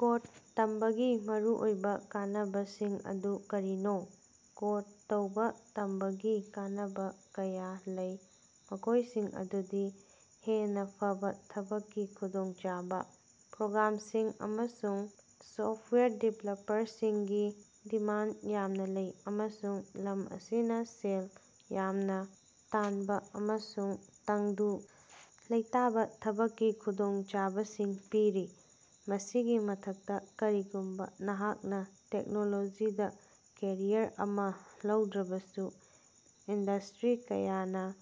Code ꯇꯝꯕꯒꯤ ꯃꯔꯨꯑꯣꯏꯕ ꯀꯥꯟꯅꯕꯁꯤꯡ ꯑꯗꯨ ꯀꯔꯤꯅꯣ? ꯀꯣꯗ ꯇꯧꯕ ꯇꯝꯕꯒꯤ ꯀꯥꯟꯅꯕ ꯀꯌꯥ ꯂꯩ, ꯃꯈꯣꯏꯁꯤꯡ ꯑꯗꯨꯗꯤ: ꯍꯦꯟꯅ ꯐꯕ ꯊꯕꯛꯀꯤ ꯈꯨꯗꯣꯡꯆꯥꯕ: ꯄ꯭ꯔꯣꯒ꯭ꯔꯥꯝꯁꯤꯡ ꯑꯃꯁꯨꯡ ꯁꯣꯐꯋꯦꯌꯔ ꯗꯤꯕꯦꯂꯞꯔꯁꯤꯡꯒꯤ ꯗꯤꯃꯥꯟꯗ ꯌꯥꯝꯅ ꯂꯩ, ꯑꯃꯁꯨꯡ ꯂꯝ ꯑꯁꯤꯅ ꯁꯦꯜ ꯌꯥꯝꯅ ꯇꯥꯟꯕ ꯑꯃꯁꯨꯡ ꯇꯪꯗꯨ ꯂꯩꯇꯥꯕ ꯊꯕꯛꯀꯤ ꯈꯨꯗꯣꯡꯆꯥꯕꯁꯤꯡ ꯄꯤꯔꯤ꯫ ꯃꯁꯤꯒꯤ ꯃꯊꯛꯇ, ꯀꯔꯤꯒꯨꯝꯕ ꯅꯍꯥꯛꯅ ꯇꯦꯛꯅꯣꯂꯣꯖꯤꯗ ꯀꯦꯔꯤꯌꯔ ꯑꯃ ꯂꯧꯗ꯭ꯔꯕꯁꯨ, ꯏꯟꯗꯁ꯭ꯠꯔꯤ ꯀꯌꯥꯅ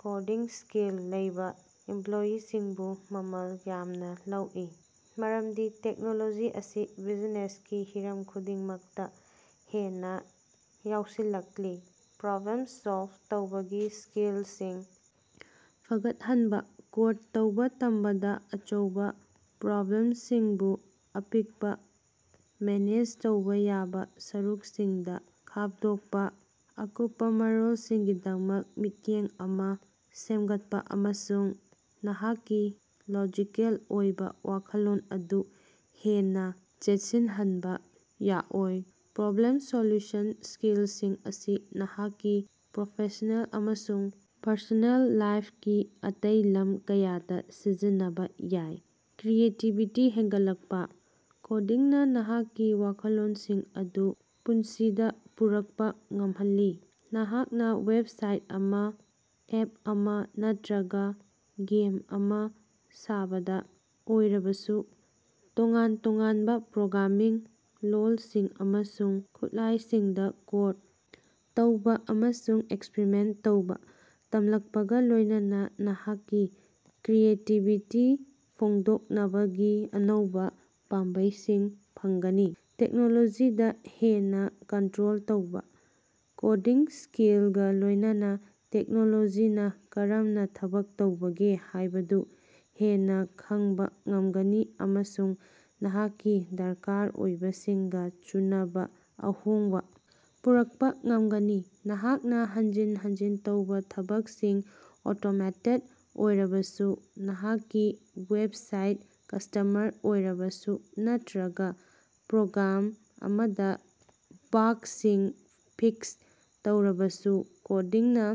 ꯀꯣꯗꯤꯡ ꯁ꯭ꯀꯤꯜ ꯂꯩꯕ ꯏꯝꯄꯂꯣꯌꯤꯁꯤꯡꯕꯨ ꯃꯃꯜ ꯌꯥꯝꯅ ꯂꯧꯏ, ꯃꯔꯝꯗꯤ ꯇꯦꯛꯅꯣꯂꯣꯖꯤ ꯑꯁꯤ ꯕꯤꯖꯤꯅꯦꯁꯀꯤ ꯍꯤꯔꯝ ꯈꯨꯗꯤꯡꯃꯛꯇ ꯍꯦꯟꯅ ꯌꯥꯑꯣꯁꯤꯜꯂꯛꯂꯤ꯫ ꯄ꯭ꯔꯣꯕ꯭ꯂꯦꯃ ꯁꯣꯜꯕ ꯇꯧꯕꯒꯤ ꯁ꯭ꯀꯤꯂꯁꯤꯡ ꯐꯒꯠꯍꯅꯕ: ꯀꯣꯗ ꯇꯧꯕ ꯇꯝꯕꯗ ꯑꯆꯧꯕ ꯄ꯭ꯔꯣꯕ꯭ꯂꯦꯃꯁꯤꯡꯕꯨ ꯑꯄꯤꯛꯄ, ꯃꯦꯅꯦꯖ ꯇꯧꯕ ꯌꯥꯕ ꯁꯔꯨꯛꯁꯤꯡꯗ ꯈꯥꯐꯗꯣꯛꯄ, ꯑꯀꯨꯞꯄ ꯃꯔꯣꯜꯁꯤꯡꯒꯤꯗꯃꯛ ꯃꯤꯠꯌꯦꯡ ꯑꯃ ꯁꯦꯝꯒꯠꯄ ꯑꯃꯁꯨꯡ ꯅꯍꯥꯛꯀꯤ ꯂꯣꯖꯤꯀꯦꯜ ꯑꯣꯏꯕ ꯋꯥꯈꯜꯂꯣꯟ ꯑꯗꯨ ꯍꯦꯟꯅ ꯆꯦꯠꯁꯤꯜꯍꯟꯕ ꯌꯥꯑꯣꯏ꯫ ꯄ꯭ꯔꯣꯕ꯭ꯂꯦꯝ ꯁꯣꯜꯌꯨꯁꯟ ꯁ꯭ꯀꯤꯂꯁꯤꯡ ꯑꯁꯤ ꯅꯍꯥꯛꯀꯤ ꯄ꯭ꯔꯣꯐꯦꯁꯅꯦꯜ ꯑꯃꯁꯨꯡ ꯄꯔꯁꯣꯅꯦꯜ ꯂꯥꯏꯐꯀꯤ ꯑꯇꯩ ꯂꯝ ꯀꯌꯥꯗ ꯁꯤꯖꯤꯟꯅꯕ ꯌꯥꯏ꯫ ꯀ꯭ꯔꯤꯌꯦꯇꯤꯕꯤꯇꯤ ꯍꯦꯟꯒꯠꯂꯛꯄ: ꯀꯣꯗꯤꯡꯅ ꯅꯍꯥꯛꯀꯤ ꯋꯥꯈꯜꯂꯣꯅꯁꯤꯡ ꯑꯗꯨ ꯄꯨꯟꯁꯤꯗ ꯄꯨꯔꯛꯄ ꯉꯝꯍꯜꯂꯤ, ꯅꯍꯥꯛꯅ ꯋꯦꯕꯁꯥꯏꯠ ꯑꯃ, ꯑꯦꯞ ꯑꯃꯥ ꯅꯠꯇꯔꯒ ꯒꯦꯝ ꯑꯃ ꯁꯥꯕꯗ ꯑꯣꯏꯔꯕꯁꯨ꯫ ꯇꯣꯉꯥꯟ ꯇꯣꯉꯥꯟꯕ ꯄ꯭ꯔꯣꯒ꯭ꯔꯥꯃꯤꯡ ꯂꯣꯜꯁꯤꯡ ꯑꯃꯁꯨꯡ ꯈꯨꯠꯂꯥꯌꯁꯤꯡꯗ ꯀꯣꯗ ꯇꯧꯕ ꯑꯃꯁꯨꯡ ꯑꯦꯛꯁꯄꯔꯤꯃꯦꯟꯇ ꯇꯧꯕ ꯇꯝꯂꯛꯄꯒ ꯂꯣꯏꯅꯅ ꯅꯍꯥꯛꯀꯤ ꯀ꯭ꯔꯤꯌꯦꯇꯤꯕꯤꯇꯤ ꯐꯣꯡꯗꯣꯛꯅꯕꯒꯤ ꯑꯅꯧꯕ ꯄꯥꯝꯕꯩꯁꯤꯡ ꯐꯪꯒꯅꯤ꯫ ꯇꯦꯛꯅꯣꯂꯣꯖꯤꯗꯥ ꯍꯦꯟꯅ ꯀꯟꯠꯔꯣꯜ ꯇꯧꯕ: ꯀꯣꯗꯤꯡ ꯁ꯭ꯀꯤꯜꯒ ꯂꯣꯏꯅꯅ ꯇꯦꯛꯅꯣꯂꯣꯖꯤꯅ ꯀꯔꯝꯅ ꯊꯕꯛ ꯇꯧꯕꯒꯦ ꯍꯥꯏꯕꯗꯨ ꯍꯦꯟꯅ ꯈꯡꯕ ꯉꯝꯒꯅꯤ ꯑꯃꯁꯨꯡ ꯅꯍꯥꯛꯀꯤ ꯗꯔꯀꯥꯔ ꯑꯣꯏꯕꯁꯤꯡꯒ ꯆꯨꯅꯕ ꯑꯍꯣꯡꯕ ꯄꯨꯔꯛꯄ ꯉꯝꯒꯅꯤ꯫ ꯅꯍꯥꯛꯅ ꯍꯟꯖꯤꯟ ꯍꯟꯖꯤꯟ ꯇꯧꯕ ꯊꯕꯛꯁꯤꯡ ꯑꯣꯇꯣꯃꯦꯇꯦꯗ ꯑꯣꯏꯔꯕꯁꯨ, ꯅꯍꯥꯛꯀꯤ ꯋꯦꯕꯁꯥꯏꯠ ꯀꯁ꯭ꯇꯃꯁ ꯑꯣꯏꯔꯕꯁꯨ, ꯅꯠꯇꯔꯒ ꯄ꯭ꯔꯣꯒ꯭ꯔꯥꯝ ꯑꯃꯗ ꯕꯥꯒꯁꯤꯡ ꯐꯤꯛꯁ ꯇꯧꯔꯕꯁꯨ, ꯀꯣꯗꯤꯡꯅ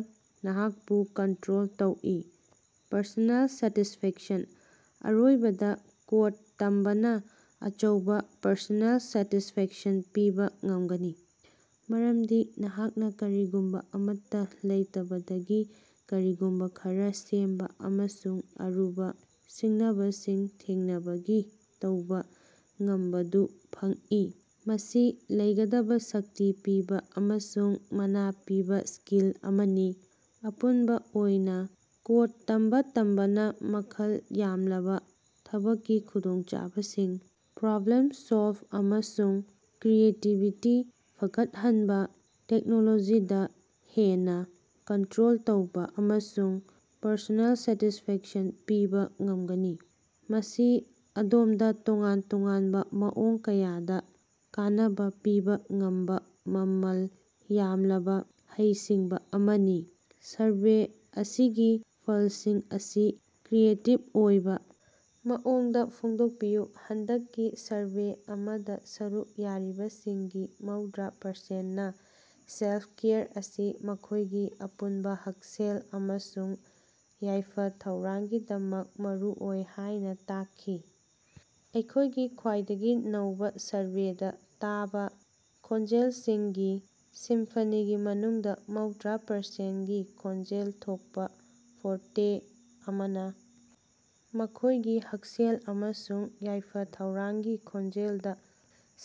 ꯅꯍꯥꯛꯄꯨ ꯀꯟꯠꯔꯣꯜ ꯇꯧꯏ꯫ ꯄꯔꯁꯣꯅꯦꯜ ꯁꯦꯇꯤꯁꯐꯦꯛꯁꯟ: ꯑꯔꯣꯏꯕꯗ, ꯀꯣꯗ ꯇꯝꯕꯅ ꯑꯆꯧꯕ ꯄꯔꯁꯣꯅꯦꯜ ꯁꯦꯇꯤꯁꯐꯦꯛꯁꯟ ꯄꯤꯕ ꯉꯃꯒꯅꯤ, ꯃꯔꯃꯗꯤ ꯅꯍꯥꯛꯅ ꯀꯔꯤꯒꯨꯝꯕ ꯑꯃꯠꯇ ꯂꯩꯇꯕꯗꯒꯤ ꯀꯔꯤꯒꯨꯝꯕ ꯈꯔꯥ ꯁꯦꯝꯕ ꯑꯃꯁꯨꯡ ꯑꯔꯨꯕ ꯁꯤꯡꯅꯕꯁꯤꯡ ꯊꯦꯡꯅꯕꯒꯤ ꯇꯧꯕꯥ ꯉꯝꯕꯗꯨ ꯐꯪꯏ꯫ ꯃꯁꯤ ꯂꯩꯒꯗꯕ ꯁꯛꯇꯤ ꯄꯤꯕ ꯑꯃꯁꯨꯡ ꯃꯅꯥ ꯄꯤꯕ ꯁ꯭ꯀꯤꯜ ꯑꯃꯅꯤ꯫ ꯑꯄꯨꯟꯕꯥ ꯑꯣꯏꯅ, ꯀꯣꯗ ꯇꯝꯕ ꯇꯝꯕꯅ ꯃꯃꯜ ꯌꯥꯝꯂꯕ ꯊꯕꯛꯀꯤ ꯈꯨꯗꯣꯡꯆꯥꯕꯁꯤꯡ, ꯄ꯭ꯔꯣꯕ꯭ꯂꯦꯝ ꯁꯣꯜꯕ ꯑꯃꯁꯨꯡ ꯀ꯭ꯔꯤꯌꯦꯇꯤꯕꯤꯇꯤ ꯐꯒꯠꯍꯅꯕ, ꯇꯦꯛꯅꯣꯂꯣꯖꯤꯗ ꯍꯦꯟꯅ ꯀꯟꯠꯔꯣꯜ ꯇꯧꯕ, ꯑꯃꯁꯨꯡ ꯄꯔꯁꯣꯅꯦꯜ ꯁꯦꯇꯤꯁꯐꯦꯛꯁꯟ ꯄꯤꯕ ꯉꯃꯒꯅꯤ꯫ ꯃꯁꯤ ꯑꯗꯣꯝꯗ ꯇꯣꯉꯥꯟ ꯇꯣꯉꯥꯟꯕ ꯃꯑꯣꯡ ꯀꯌꯥꯗ ꯀꯥꯟꯅꯕ ꯄꯤꯕ ꯉꯝꯕ ꯃꯃꯜ ꯌꯥꯝꯂꯕ ꯍꯩꯁꯤꯡꯕ ꯑꯃꯅꯤ꯫ ꯁꯔꯚꯦ ꯑꯁꯤꯒꯤ ꯐꯂꯁꯤꯡ ꯑꯁꯤ ꯀ꯭ꯔꯤꯌꯦꯇꯤꯕ ꯑꯣꯏꯕ ꯃꯑꯣꯡꯗ ꯐꯣꯡꯗꯣꯀꯄꯤꯌꯨ꯫ ꯍꯟꯗꯛꯀꯤ ꯁꯔꯚꯦ ꯑꯃꯗ ꯁꯔꯨꯛ ꯌꯥꯔꯤꯕꯁꯤꯡꯒꯤ ꯃꯧꯗ꯭ꯔꯥ ꯄꯔꯁꯦꯟꯅꯥ ꯁꯦꯜꯐ-ꯀꯦꯌꯔ ꯑꯁꯤ ꯃꯈꯣꯏꯒꯤ ꯑꯄꯨꯟꯕ ꯍꯛꯁꯦꯜ ꯑꯃꯁꯨꯡ ꯌꯥꯏꯐ-ꯊꯧꯔꯥꯡꯒꯤꯗꯃꯛ ꯃꯔꯨꯑꯣꯏ ꯍꯥꯏꯅ ꯇꯥꯛꯈꯤ꯫ ꯑꯩꯈꯣꯏꯒꯤ ꯈ꯭ꯋꯥꯏꯗꯒꯤ ꯅꯧꯕ ꯁꯔꯚꯦꯗ ꯇꯥꯕ ꯈꯣꯟꯖꯦꯂꯁꯤꯡꯒꯤ ꯁꯤꯝꯐꯅꯤꯒꯤ ꯃꯅꯨꯡꯗ ꯃꯧꯗ꯭ꯔ ꯄꯔꯁꯦꯟꯒꯤ ꯈꯣꯟꯖꯦꯜ ꯊꯣꯛꯄ ꯐꯣꯔꯇꯦ ꯑꯃꯅ ꯃꯈꯣꯏꯒꯤ ꯍꯛꯁꯦꯜ ꯑꯃꯁꯨꯡ ꯌꯥꯏꯐ-ꯊꯧꯔꯥꯡꯒꯤ ꯈꯣꯟꯖꯦꯜꯗ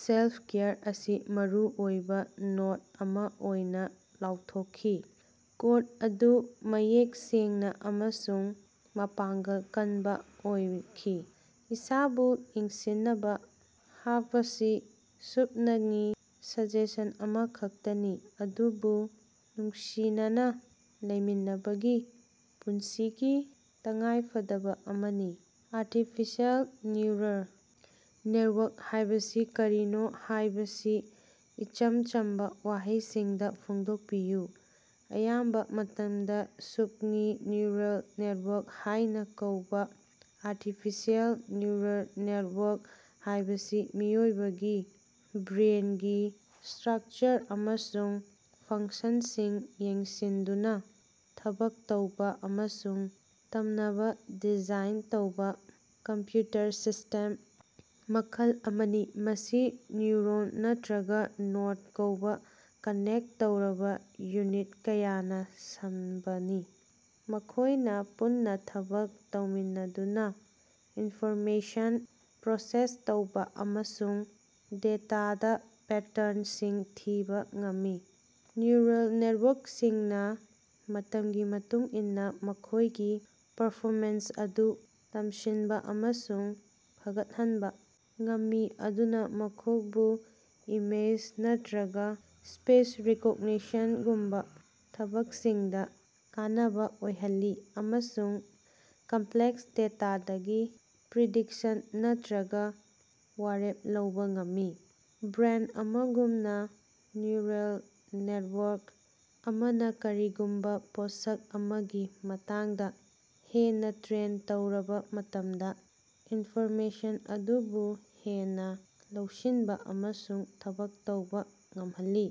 ꯁꯦꯜꯐ-ꯀꯦꯌꯔ ꯑꯁꯤ ꯃꯔꯨꯑꯣꯏꯕ ꯅꯣꯠ ꯑꯃ ꯑꯣꯏꯅ ꯂꯥꯎꯊꯣꯜꯈꯤ꯫ ꯀꯣꯔꯁ ꯑꯗꯨ ꯃꯌꯦꯛ ꯁꯦꯡꯅ ꯑꯃꯁꯨꯡ ꯃꯄꯥꯡꯒꯜ ꯀꯅꯕ ꯑꯣꯏꯈꯤ; ꯏꯁꯥꯕꯨ ꯌꯦꯡꯁꯤꯅꯕ ꯍꯥꯐꯕꯁꯤ ꯁꯨꯞꯅꯉꯤ ꯁꯖꯦꯁꯟ ꯑꯃꯈꯛꯇꯅꯤ, ꯑꯗꯨꯕꯨ ꯅꯨꯡꯁꯤꯅꯅ ꯂꯩꯃꯤꯟꯅꯕꯒꯤ ꯄꯨꯟꯁꯤꯒꯤ ꯇꯉꯥꯏꯐꯗꯕꯥꯑꯃꯅꯤ꯫ ꯑꯥꯔꯇꯤꯐꯤꯁꯤꯑꯦꯜ ꯅ꯭ꯌꯨꯔꯜ ꯅꯦꯇꯋꯥꯔꯛ ꯍꯥꯌꯕꯁꯤ ꯀꯔꯤꯅꯣ ꯍꯥꯌꯕꯁꯤ ꯏꯆꯝ ꯆꯝꯕ ꯋꯥꯍꯩꯁꯤꯡꯗ ꯐꯣꯡꯗꯣꯛꯄꯤꯌꯨ꯫ ꯑꯌꯥꯝꯕ ꯃꯇꯝꯗ ꯁꯨꯞꯉꯤ "ꯅ꯭ꯌꯨꯔꯜ ꯅꯦꯇꯋꯥꯔꯛ" ꯍꯥꯏꯅ ꯀꯧꯕ ꯑꯥꯔꯇꯤꯐꯤꯁꯤꯑꯦꯜ ꯅ꯭ꯌꯨꯔꯜ ꯅꯦꯠꯋꯥꯔꯛ ꯍꯥꯏꯕꯁꯤ ꯃꯤꯑꯣꯏꯕꯒꯤ ꯕ꯭ꯔꯦꯟꯒꯤ ꯏꯁ꯭ꯠꯔꯛꯆꯔ ꯑꯃꯁꯨꯡ ꯐꯡꯁꯟꯁꯤꯡ ꯌꯦꯡꯁꯤꯟꯗꯨꯅ ꯊꯕꯛ ꯇꯧꯕ ꯑꯃꯁꯨꯡ ꯇꯝꯅꯕ ꯗꯤꯖꯥꯏꯟ ꯇꯧꯕ ꯀꯝꯄꯌꯨꯇꯔ ꯁꯤꯁ꯭ꯇꯦꯝ ꯃꯈꯜ ꯑꯃꯅꯤ꯫ ꯃꯁꯤ ꯅ꯭ꯌꯨꯔꯣꯟ ꯅꯠꯇꯔꯒ ꯅꯣꯗ ꯀꯧꯕ ꯀꯅꯦꯛꯇ ꯇꯧꯔꯕ ꯌꯨꯅꯤꯠ ꯀꯌꯥꯅ ꯁꯦꯝꯕꯅꯤ, ꯃꯈꯣꯏꯅ ꯄꯨꯟꯅ ꯊꯕꯛ ꯇꯧꯃꯤꯟꯅꯗꯨꯅ ꯏꯟꯐꯣꯔꯃꯦꯁꯟ ꯄ꯭ꯔꯣꯁꯦꯁ ꯇꯧꯕ ꯑꯃꯁꯨꯡ ꯗꯦꯇꯥꯗ ꯄꯦꯇꯔꯟꯁꯤꯡ ꯊꯤꯕ ꯉꯝꯃꯤ꯫ ꯅ꯭ꯌꯨꯔꯜ ꯅꯦꯇꯋꯥꯔꯛꯁꯤꯡꯅ ꯃꯇꯝꯒꯤ ꯃꯇꯨꯡꯏꯟꯅ ꯃꯈꯣꯏꯒꯤ ꯄꯔꯐꯣꯃꯦꯟꯁ ꯑꯗꯨ ꯇꯝꯁꯤꯟꯕꯥꯑꯃꯁꯨꯡ ꯐꯒꯠꯍꯟꯕ ꯉꯝꯃꯤ, ꯃꯗꯨꯅ ꯃꯈꯣꯐꯕꯨ ꯏꯃꯦꯖ ꯅꯠꯇꯔꯒ ꯁ꯭ꯄꯤꯆ ꯔꯤꯀꯣꯒꯅꯤꯁꯉꯨꯝꯕ ꯊꯕꯛꯁꯤꯡꯗ ꯀꯥꯟꯅꯕ ꯑꯣꯏꯍꯜꯂꯤ, ꯑꯃꯁꯨꯡ ꯀꯝꯄꯂꯦꯛꯁ ꯗꯦꯇꯥꯗꯒꯤ ꯄ꯭ꯔꯤꯗꯤꯛꯁꯟ ꯅꯠꯇꯔꯒꯥ ꯋꯥꯔꯦꯞ ꯂꯧꯕ ꯉꯝꯃꯤ꯫ ꯕ꯭ꯔꯦꯟ ꯑꯃꯒꯨꯝꯅ, ꯅ꯭ꯌꯨꯔꯜ ꯅꯦꯇꯋꯥꯔꯛ ꯑꯃꯅꯥ ꯀꯔꯤꯒꯨꯝꯕ ꯄꯣꯠꯁꯛ ꯑꯃꯒꯤ ꯃꯇꯥꯡꯗ ꯍꯦꯟꯅ ꯇ꯭ꯔꯦꯟ ꯇꯧꯔꯕ ꯃꯇꯝꯗ, ꯏꯟꯐꯣꯔꯃꯦꯁꯟ ꯑꯗꯨꯕꯨ ꯍꯦꯟꯅ ꯂꯧꯁꯤꯟꯕ ꯑꯃꯁꯨꯡ ꯊꯕꯛ ꯇꯧꯕ ꯉꯃꯍꯜꯂꯤ꯫